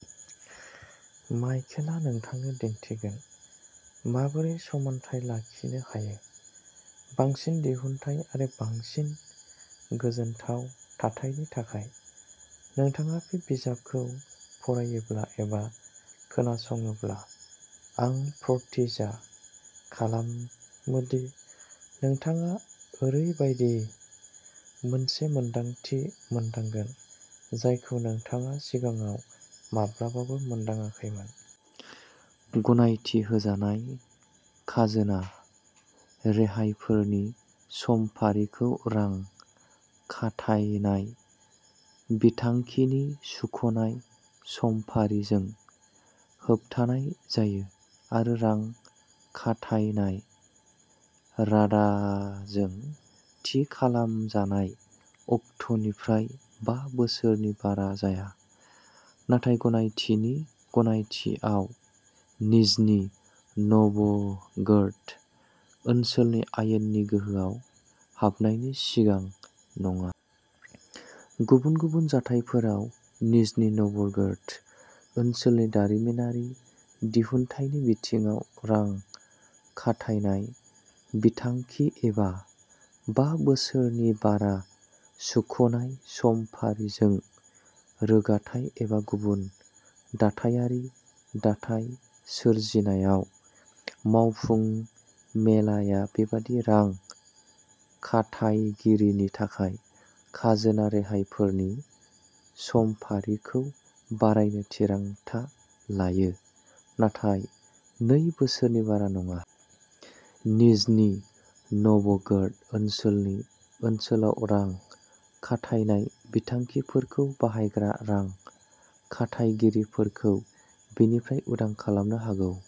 माइकेलआ नोंथांनो दिन्थिगोन माबोरै समानथाय लाखिनो हायो, बांसिन दिहुनथाइ आरो बांसिन गोजोनथाव थाथायनि थाखाय। नोंथाङा बे बिजाबखौ फरायोब्ला एबा खोनासङोब्ला आं प्रतिज्ञा खालामो दि नोंथाङा ओरैबायदि मोनसे मोनदांथि मोनदांगोन जायखौ नोंथाङा सिगाङाव माब्लाबाबो मोनदांआखैमोन। गनायथि होजानाय खाजोना रेहायफोरनि समफारिखौ रां खाथायनाय बिथांखिनि सुख'नाय समफारिजों होबथानाय जायो आरो रां खाथायनाय रादाजों थि खालामजानाय अक्ट'निफ्राय बा बोसोरनि बारा जाया, नाथाय गनायथिनि गनायथिआव निजनी नभगोरद ओनसोलनि आयेननि गोहोआव हाबनायनि सिगां नङा। गुबुन गुबुन जाथायफोराव, निजनी नभगोरद ओनसोलनि दारिमिनारि दिहुन्थाइनि बिथिङाव रां खाथायनाय बिथांखि एबा बा बोसोरनि बारा सुख'नाय समफारिजों रोगाथाइ एबा गुबुन दाथायारि दाथाय सोरजिनायाव, मावफुं मेलाया बेबादि रां खाथायगिरिनि थाखाय खाजोना रेहायफोरनि समफारिखौ बारायनो थिरांथा लायो, नाथाय नै बोसोरनि बारा नङा। निजनी नभगोरद ओनसोलनि ओनसोलाव रां खाथायनाय बिथांखिफोरखौ बाहायग्रा रां खाथायगिरिफोरखौ बेनिफ्राय उदां खालामनो हागौ।